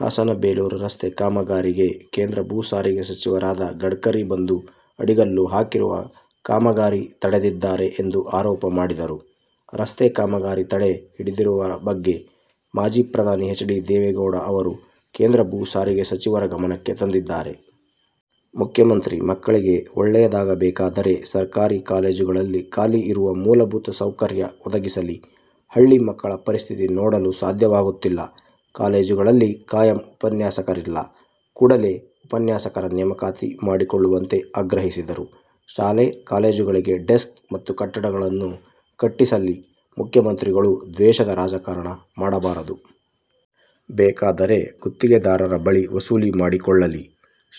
ಹಾಸನ ಬೇಲೂರು ರಸ್ತೆ ಕಾಮಗಾರಿಗೆ ಕೇಂದ್ರ ಭೂ ಸಾರಿಗೆ ಸಚಿವರಾದ ಗಡ್ಕರಿ ಬಂದು ಅಡಿಗಲ್ಲು ಹಾಕಿರುವ ಕಾಮಗಾರಿ ತಡೆದಿದ್ದಾರೆ ಎಂದು ಆರೋಪ ಮಾಡಿದರು. ರಸ್ತೆ ಕಾಮಗಾರಿ ತಡೆ ಹಿಡಿದಿರುವ ಬಗ್ಗೆ ಮಾಜಿ ಪ್ರಧಾನಿ ಎಚ್. ಡಿ. ದೇವೇಗೌಡ ಅವರು ಕೇಂದ್ರ ಭೂ ಸಾರಿಗೆ ಸಚಿವರ ಗಮನಕ್ಕೆ ತಂದಿದ್ದಾರೆ. ಮುಖ್ಯಮಂತ್ರಿ ಮಕ್ಕಳಿಗೆ ಒಳ್ಳೆಯಾದಾಗಬೇಕಾದರೆ ಸರ್ಕಾರಿ ಕಾಲೇಜುಗಳಲ್ಲಿ ಖಾಲಿ ಇರುವ ಮೂಲಭೂತ ಸೌಕರ್ಯ ಒದಗಿಸಲಿ. ಹಳ್ಳಿ ಮಕ್ಕಳ ಪರಿಸ್ಥಿತಿ ನೋಡಲು ಸಾಧ್ಯವಾಗುತ್ತಿಲ್ಲ. ಕಾಲೇಜುಗಳಲ್ಲಿ ಖಾಯಂ ಉಪನ್ಯಾಸಕರಿಲ್ಲ. ಕೂಡಲೇ ಉಪನ್ಯಾಸಕರ ನೇಮಕಾತಿ ಮಾಡಿಕೊಳ್ಳುವಂತೆ ಆಗ್ರಹಿಸಿದರು. ಶಾಲೆ ಕಾಲೇಜುಗಳಿಗೆ ಡೆಸ್ಕ್ ಮತ್ತು ಕಟ್ಟಡಗಳನ್ನು ಕಟ್ಟಿಸಲ್ಲಿ. ಮುಖ್ಯಮಂತ್ರಿಗಳು ದ್ವೇಷದ ರಾಜಕಾರಣ ಮಾಡಬಾರದು. ಬೇಕಾದರೇ ಗುತ್ತಿಗೆದಾರರ ಬಳಿ ವಸೂಲಿ ಮಾಡಿಕೊಳ್ಳಲಿ.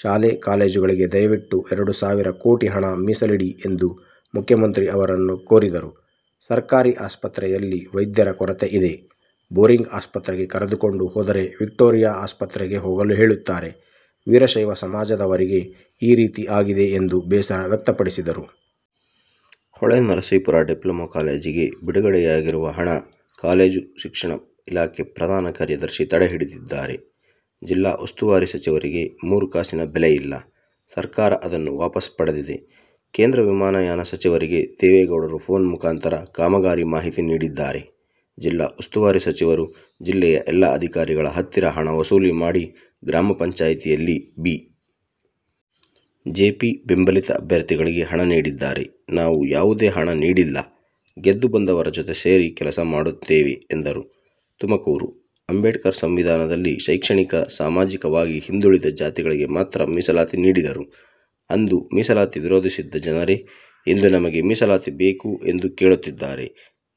ಶಾಲೆ -ಕಾಲೇಜುಗಳಿಗೆ ದಯವಿಟ್ಟು ಎರಡು ಸಾವಿರ ಕೋಟಿ ಹಣ ಮೀಸಲಿಡಿ ಎಂದು ಮುಖ್ಯಮಂತ್ರಿ ಅವರನ್ನು ಕೋರಿದರು. ಸರ್ಕಾರಿ ಆಸ್ಪತ್ರೆಯಲ್ಲಿ ವೈದ್ಯರ ಕೊರತೆ ಇದೆ. ಬೋರಿಂಗ್ ಆಸ್ಪತ್ರೆಗೆ ಕರೆದುಕೊಂಡು ಹೋದರೆ ವಿಕ್ಟೋರಿಯಾ ಆಸ್ಪತ್ರೆಗೆ ಹೋಗಲು ಹೇಳುತ್ತಾರೆ. ವೀರಶೈವ ಸಮಾಜದವರೆಗೆ ಈ ರೀತಿ ಆಗಿದೆ ಎಂದು ಬೇಸರ ವ್ಯಕ್ತಪಡಿಸಿದರು. ಹೊಳೆನರಸೀಪುರ ಡಿಪ್ಲೊಮಾ ಕಾಲೇಜಿಗೆ ಬಿಡುಗಡೆಯಾಗಿರುವ ಹಣ ಕಾಲೇಜು ಶಿಕ್ಷಣ ಇಲಾಖೆ ಪ್ರಧಾನ ಕಾರ್ಯದರ್ಶಿ ತಡೆಹಿಡಿದಿದ್ದಾರೆ. ಜಿಲ್ಲಾ ಉಸ್ತುವಾರಿ ಸಚಿವರಿಗೆ ಮೂರು ಕಾಸಿನ ಬೆಲೆಯಿಲ್ಲ. ಸರ್ಕಾರ ಅದನ್ನು ವಾಪಸ್ಸು ಪಡೆದಿದೆ. ಕೇಂದ್ರ ವಿಮಾನಯಾನ ಸಚಿವರಿಗೆ ದೇವೆಗೌಡರು ಫೋನ್ ಮುಖಾಂತರ ಕಾಮಗಾರಿ ಮಾಹಿತಿ ನೀಡಿದ್ದಾರೆ. ಜಿಲ್ಲಾ ಉಸ್ತುವಾರಿ ಸಚಿವರು ಜಿಲ್ಲೆಯ ಎಲ್ಲಾ ಅಧಿಕಾರಿಗಳ ಹತ್ತಿರ ಹಣ ವಸೂಲಿ ಮಾಡಿ ಗ್ರಾಮ ಪಂಚಾಯತಿಯಲ್ಲಿ ಬಿ. ಜೆ. ಪಿ. ಬೆಂಬಲಿತ ಅಭ್ಯರ್ಥಿಗಳಿಗೆ ಹಣ ನೀಡಿದ್ದಾರೆ. ನಾವು ಯಾವುದೇ ಹಣ ನೀಡಿಲ್ಲ. ಗೆದ್ದು ಬಂದವರ ಜೊತೆ ಸೇರಿ ಕೆಲಸ ಮಾಡುತ್ತೇವೆ ಎಂದರು. ತುಮಕೂರು: ಅಂಬೇಡ್ಕರ್ ಸಂವಿಧಾನದಲ್ಲಿ ಶೈಕ್ಷಣಿಕ, ಸಾಮಾಜಿಕವಾಗಿ ಹಿಂದುಳಿದ ಜಾತಿಗಳಿಗೆ ಮಾತ್ರ ಮೀಸಲಾತಿ ನೀಡಿದರು. ಅಂದು ಮೀಸಲಾತಿ ವಿರೋಧಿಸಿದ್ದ ಜನರೇ ಇಂದು ನಮಗೆ ಮೀಸಲಾತಿ ಬೇಕು ಎಂದು ಕೇಳುತ್ತಿದ್ದಾರೆ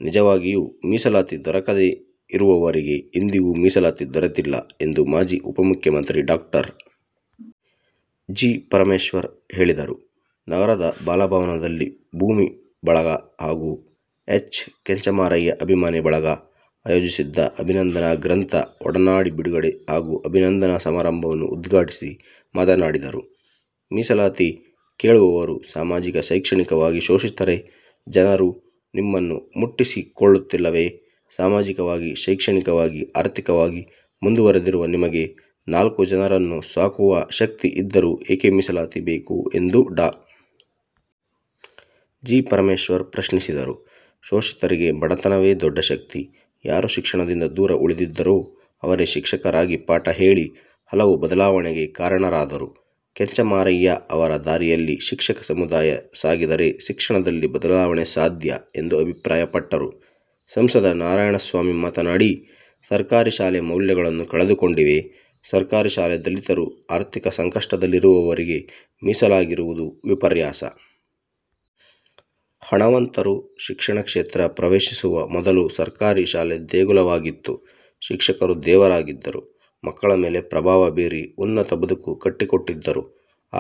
ನಿಜವಾಗಿಯೂ ಮೀಸಲಾತಿ ದೊರಕದೇ ಇರುವವರಿಗೆ ಇಂದಿಗೂ ಮೀಸಲಾತಿ ದೊರೆತ್ತಿಲ್ಲ ಎಂದು ಮಾಜಿ ಉಪಮುಖ್ಯಮಂತ್ರಿ ಡಾ. ಜಿ. ಪರಮೇಶ್ವರ್ ಹೇಳಿದರು. ನಗರದ ಬಾಲಭವನದಲ್ಲಿ ಭೂಮಿ ಬಳಗ ಹಾಗೂ ಎಚ್. ಕೆಂಚಮಾರಯ್ಯ ಅಭಿಮಾನಿ ಬಳಗ ಆಯೋಜಿಸಿದ್ದ ಅಭಿನಂದನಾ ಗ್ರಂಥ ಒಡನಾಡಿ ಬಿಡುಗಡೆ ಹಾಗೂ ಅಭಿನಂದನಾ ಸಮಾರಂಭವನ್ನು ಉದ್ಘಾಟಿಸಿ ಮಾತನಾಡಿದರು. ಮೀಸಲಾತಿ ಕೇಳುವವರು ಸಾಮಾಜಿಕ, ಶೈಕ್ಷಣಿಕವಾಗಿ ಶೋಷಿತರೆ, ಜನರು ನಿಮ್ಮನ್ನು ಮುಟ್ಟಿಸಿಕೊಳ್ಳುತ್ತಿಲ್ಲವೇ, ಸಾಮಾಜಿಕವಾಗಿ, ಶೈಕ್ಷಣಿಕವಾಗಿ, ಆರ್ಥಿಕವಾಗಿ ಮುಂದುವರಿದಿರುವ ನಿಮಗೆ ನಾಲ್ಕು ಜನರನ್ನು ಸಾಕುವಶಕ್ತಿ ಇದ್ದರೂ ಏಕೆ ಮೀಸಲಾತಿ ಬೇಕಾಗಿದೆ ಎಂದು ಡಾ. ಜಿ. ಪರಮೇಶ್ವರ್ ಪ್ರಶ್ನಿಸಿದರು. ಶೋಷಿತರಿಗೆ ಬಡತನವೇ ದೊಡ್ಡ ಶಕ್ತಿ, ಯಾರು ಶಿಕ್ಷಣದಿಂದ ದೂರ ಉಳಿದಿದ್ದರೋ ಅವರೇ ಶಿಕ್ಷಕರಾಗಿಪಾಠ ಹೇಳಿ ಹಲವು ಬದಲಾವಣೆಗೆ ಕಾರಣರಾದರು. ಕೆಂಚಮಾರಯ್ಯಅವರ ದಾರಿಯಲ್ಲಿ ಶಿಕ್ಷಕ ಸಮುದಾಯ ಸಾಗಿದರೆ ಶಿಕ್ಷಣದಲ್ಲಿ ಬದಲಾವಣೆ ಸಾಧ್ಯ ಎಂದು ಅಭಿಪ್ರಾಯಪಟ್ಟರು. ಸಂಸದ ನಾರಾಯಣಸ್ವಾಮಿ ಮಾತನಾಡಿ, ಸರ್ಕಾರಿ ಶಾಲೆ ಮೌಲ್ಯಗಳನ್ನು ಕಳೆದುಕೊಂಡಿವೆ, ಸರ್ಕಾರಿ ಶಾಲೆ ದಲಿತರು, ಆರ್ಥಿಕ ಸಂಕಷ್ಟದಲ್ಲಿರುವವರಿಗೆಮೀಸಲಾಗಿರುವುದು ವಿಪರ್ಯಾಸ. ಹಣವಂತರು ಶಿಕ್ಷಣ ಕ್ಷೇತ್ರ ಪ್ರವೇಶಿಸುವ ಮೊದಲು ಸರ್ಕಾರಿ ಶಾಲೆ ದೇಗುಲವಾಗಿತ್ತು. ಶಿಕ್ಷಕರು ದೇವರಾಗಿದ್ದರು. ಮಕ್ಕಳ ಮೇಲೆ ಪ್ರಭಾವ ಬೀರಿ ಉನ್ನತ ಬದುಕು ಕಟ್ಟಿಕೊಟ್ಟಿದ್ದರು,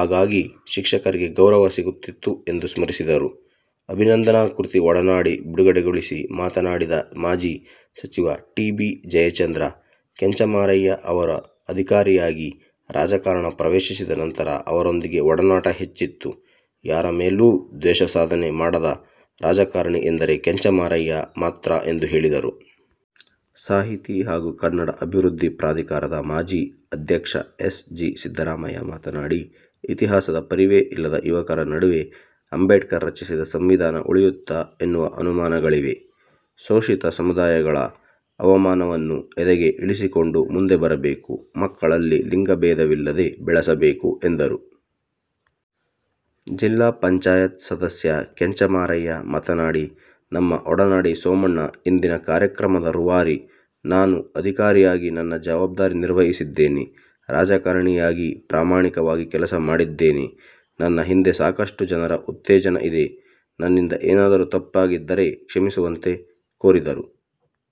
ಆಗಾಗಿ ಶಿಕ್ಷಕರಿಗೆ ಗೌರವ ಸಿಗುತ್ತಿತ್ತು ಎಂದು ಸ್ಮರಿಸಿದರು. ಅಭಿನಂದನಾ ಕೃತಿ ಒಡನಾಡಿ ಬಿಡುಗಡೆಗೊಳಿಸಿ ಮಾತನಾಡಿದ ಮಾಜಿ ಸಚಿವ ಟಿ. ಬಿ. ಜಯಚಂದ್ರ, ಕೆಂಚಮಾರಯ್ಯ ಅವರು ಅಧಿಕಾರಿಯಾಗಿ, ರಾಜಕಾರಣ ಪ್ರವೇಶಿಸಿದ ನಂತರ ಅವರೊಂದಿಗೆ ಒಡನಾಟ ಹೆಚ್ಚಿತ್ತು, ಯಾರ ಮೇಲೂ ದ್ವೇಷ ಸಾಧನೆ ಮಾಡದ ರಾಜಕಾರಣಿ ಎಂದರೆ ಕೆಂಚಮಾರಯ್ಯ ಮಾತ್ರ ಎಂದು ಹೇಳಿದರು. ಸಾಹಿತಿ ಹಾಗೂ ಕನ್ನಡ ಅಭಿವೃದ್ಧಿ ಪ್ರಾಧಿಕಾರದ ಮಾಜಿ ಅಧ್ಯಕ್ಷ ಎಸ್. ಜಿ. ಸಿದ್ದರಾಮಯ್ಯ ಮಾತನಾಡಿ, ಇತಿಹಾಸದ ಪರಿವೆ ಇಲ್ಲದ ಯುವಕರ ನಡುವೆ ಅಂಬೇಡ್ಕರ್ ರಚಿಸಿದ ಸಂವಿಧಾನ ಉಳಿಯುತ್ತ ಎನ್ನುವ ಅನು ಮಾನಗಳಿವೆ. ಶೋಷಿತ ಸಮುದಾಯಗಳ ಅವಮಾನವನ್ನು ಎದೆಗೆ ಇಳಿಸಿಕೊಂಡು ಮುಂದೆ ಬರಬೇಕು, ಮಕ್ಕಳಲ್ಲಿ ಲಿಂಗಬೇಧವಿಲ್ಲದೆ ಬೆಳೆಸಬೇಕು ಎಂದರು. ಜಿಲ್ಲಾ ಪಂಚಾಯತ್ ಸದಸ್ಯ ಕೆಂಚಮಾರಯ್ಯ ಮಾತನಾಡಿ, ನಮ್ಮ ಒಡನಾಡಿ ಸೋಮಣ್ಣ ಇಂದಿನ ಕಾರ್ಯಕ್ರಮದ ರೂವಾರಿ, ನಾನು ಅಧಿಕಾರಿಯಾಗಿ ನನ್ನ ಜವಾಬ್ದಾರಿ ನಿರ್ವಹಿಸಿದ್ದೇನೆ. ರಾಜಕಾರಣಿಯಾಗಿ ಪ್ರಾಮಾಣಿಕವಾಗಿ ಕೆಲಸ ಮಾಡಿದ್ದೇನೆ. ನನ್ನ ಹಿಂದೆ ಸಾಕಷ್ಟು ಜನರ ಉತ್ತೇಜನ ಇದೆ. ನನ್ನಿಂದ ಏನಾದರೂ ತಪ್ಪಾಗಿದ್ದರೆ ಕ್ಷಮಿಸುವಂತೆ ಕೋರಿದರು.